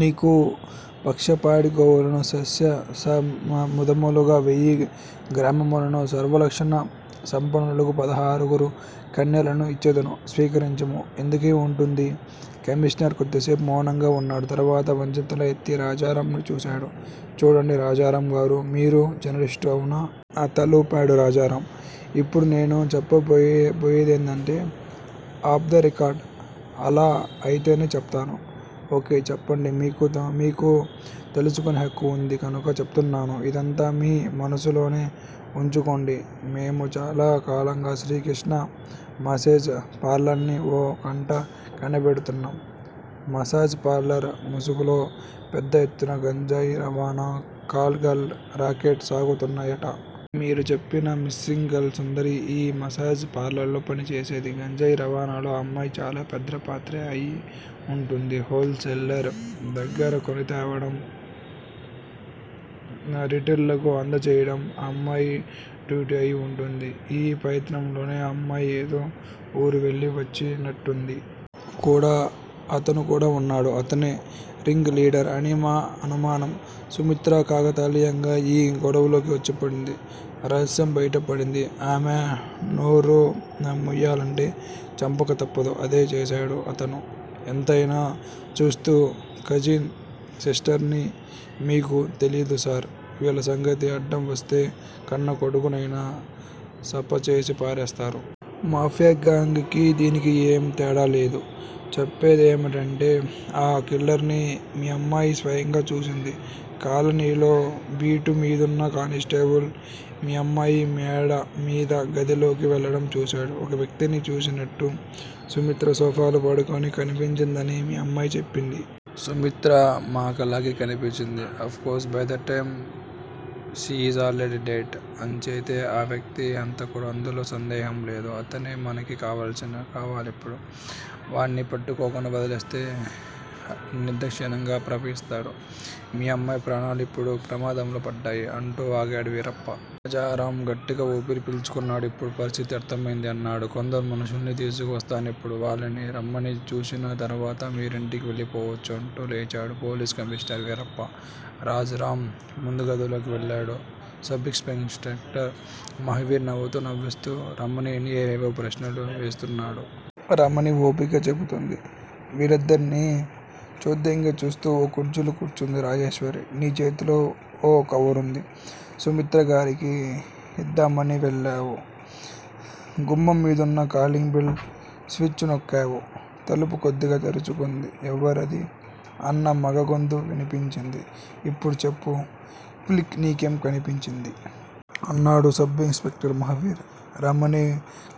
నీకు పక్ష పాడి గోవులనూ సస్య సమృద్ధములగు వేయి గ్రామములనూ సర్వలక్షణ సంపన్నలగు పదహారుగురు కన్యలనూ ఇచ్చెదను' స్వీకరించుము. ఎందుకై ఉంటుంది? కమిషనర్ కొద్దిసేపు మౌనంగా ఉన్నాడు తర్వాత వంచిన తల ఎత్తి రాజారామ్ ని చూశాడు. చూడండి రాజారామ్ గారూ మీరు జర్నలిస్టు. అవునా? తలూపాడు రాజారామ్. ఇప్పుడు నేను చెప్పబోయేది ఏందంటే ఆఫ్ ద రికార్డ్! అలా అయితేనే చెప్తాను. ఓకే-చెప్పండి మీకు తెలుసుకునే హక్కు ఉంది కనుక చెప్తున్నాను. ఇదంతా మీ మనస్సులోనే ఉంచుకోండి మేము చాలా కాలంగా 'శ్రీ కృష్ణా మాసేజ్ పార్లర్నీ' ఓ కంట కనిపెడ్తున్నాం. మాసేజ్ పార్లర్ ముసుగులో పెద్ద ఎత్తున గంజాయి రవాణా, కాల్ గర్ల్ రాకెట్ సాగుతున్నాయట. మీరు చెప్పినా మిస్సింగ్ గర్ల్ సుందరి ఈ మాసేజ్ పార్లర్ లో పనిచేసేది. గంజాయి రవాణాలో ఆ అమ్మాయి చాలా పెద్ద పాత్రే అయి వుంటుంది. Whole sailor దగ్గరకొనితేవడం. రిటెయిలర్లకి అందజేయ్యడం ఆ అమ్మాయి డ్యూటీ అయి ఉంటుంది. ఈ ప్రయత్నంలోనే ఆ అమ్మాయి ఏదో వూరు వెళ్ళి వచ్చినట్టుంది. కూడా 'అతను' కూడా వున్నాడు. 'అతనే' రింగ్ లీడర్ అని మా అనుమానం. సుమిత్ర కాకతాళీయంగా ఈ గొడవలోకి వచ్చి పడింది. రహస్యం బయట పడింది. ఆమె నోరుముయ్యాలంటే చంపక తప్పదు. అదే చేశాడు అతను ఎంతయినా చూస్తూ కజిన్ సిస్టర్ని, మీకు తెలీదు సార్ వీళ్ళ సంగతి అడ్డం వస్తే కన్నా కొడుకు నైనా సఫా చేసి పారేస్తారు. మాఫియా గ్యాంగ్ కి దీనికి ఏం తేడా లేదు. చెప్పేదేమిటంటే-ఆ కిల్లర్ని మీ అమ్మాయి స్వయంగా చూసింది. కాలనీలో బీటు మీదున్న కానిస్టేబుల్ మీ అమ్మాయి మేడ మీది గదిలోకి వెళ్ళడం చూశాడు. ఒక వ్యక్తిని చూసినట్టూ, సుమిత్ర సోఫాలో పడుకొని కనిపించిందని మీ అమ్మాయి చెప్పింది. సుమిత్ర మకలాగే కన్పించింది. Of course by that time she is already dead! అంచేత ఆ వ్యక్తే హంతకుడు. అందులో సందేహము లేదు. అతనే మనకి కావాలిప్పుడు. వాణ్ని పట్టుకోకుండా వదిలేస్తే నిర్దక్షిణ్యంగా ప్రవర్తిస్తాడు. మీ అమ్మాయి ప్రాణాలు ఇప్పుడు ప్రమాదంలో పడ్డాయి. అంటూ ఆగాడు వీరప్ప. రాజారామ్ గట్టిగా ఊపిరి పీల్చుకున్నాడు. ఇప్పుడు పరిస్థితి అర్ధమయింది. అన్నాడు. కొందరు మనుష్యుల్ని తీసుకువస్తానిప్పుడు వాళ్ళని రమణి చూసిన తరువాత మీరు ఇంటికి వెళ్ళిపోవచ్చు. అంటూ లేచాడు పోలీస్ కమిషనర్ వీరప్ప. రాజారామ్ ముందుగదిలోకి వెళ్ళాడు. సబ్ ఇన్ స్పెక్టర్ మహావీర్ నవ్వుతూ, నవ్విస్తూ, రమణిని ఏవేవో ప్రశ్నలు వేస్తున్నాడు. రమణి ఓపిగ్గా చెబుతోంది. వీళ్ళిద్దర్నీ చోద్యంగా చూస్తూ ఓ కుర్చీలో కూర్చుంది రాజేశ్వరి. నీ చేతిలో ఓ కవరుంది. సుమిత్ర గారికి ఇద్దామని వెల్లావు. గుమ్మం మీదున్న కాలింగ్ బెల్ స్విచ్ నోక్కావు. తలుపు కొద్దిగా తెరుచుకుంది. 'ఎవరది' అన్న మగ గొంతు వినిపించింది. ఇప్పుడు చెప్పు, క్విక్, నీకేం కన్పించింది? అన్నాడు sub inspector Mahavir. Ramani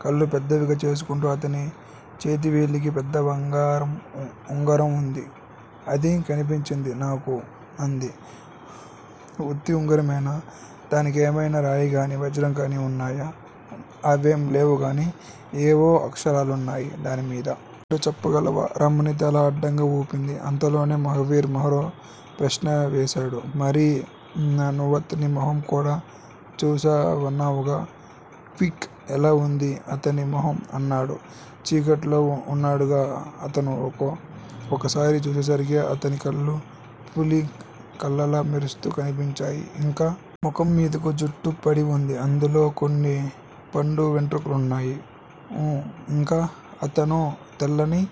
కళ్ళు పెద్దవిగా చేసుకుంటూ అతని చేతి వేలికి పెద్ద బంగారం ఉంగరం ఉంది. అది కన్పించింది నాకు అంది. ఉత్తి ఉంగరమేనా? దానికేమయినా రాయి గాని, వజ్రంగాని ఉన్నాయా? అవేం లేవుగాని, ఏవో అక్షరాలున్నాయి దాని మీద! అవేంటో చెప్పగలవా? రమణి తల అడ్డంగా ఊపింది. అంతలోనే మహావీర్ మరో ప్రశ్న వేశాడు. మరి, నువ్వతని మొహం కూడా చూశానన్నావుగా! క్విక్!! ఎలా ఉంది అతని మొహం? అన్నాడు. చీకట్లో ఉన్నాడుగా అతను! ఒక్కసారి చూసేసరికి అతని కళ్ళు పులి కళ్ళలా మెరుస్తూ కన్పించాయి ఇంకా? మొఖం మీదికి జుత్తు పడి ఉంది. అందులో కొన్ని పండు వెంట్రుకలున్నాయి ఊఁ ఇంకా? అతను తెల్లని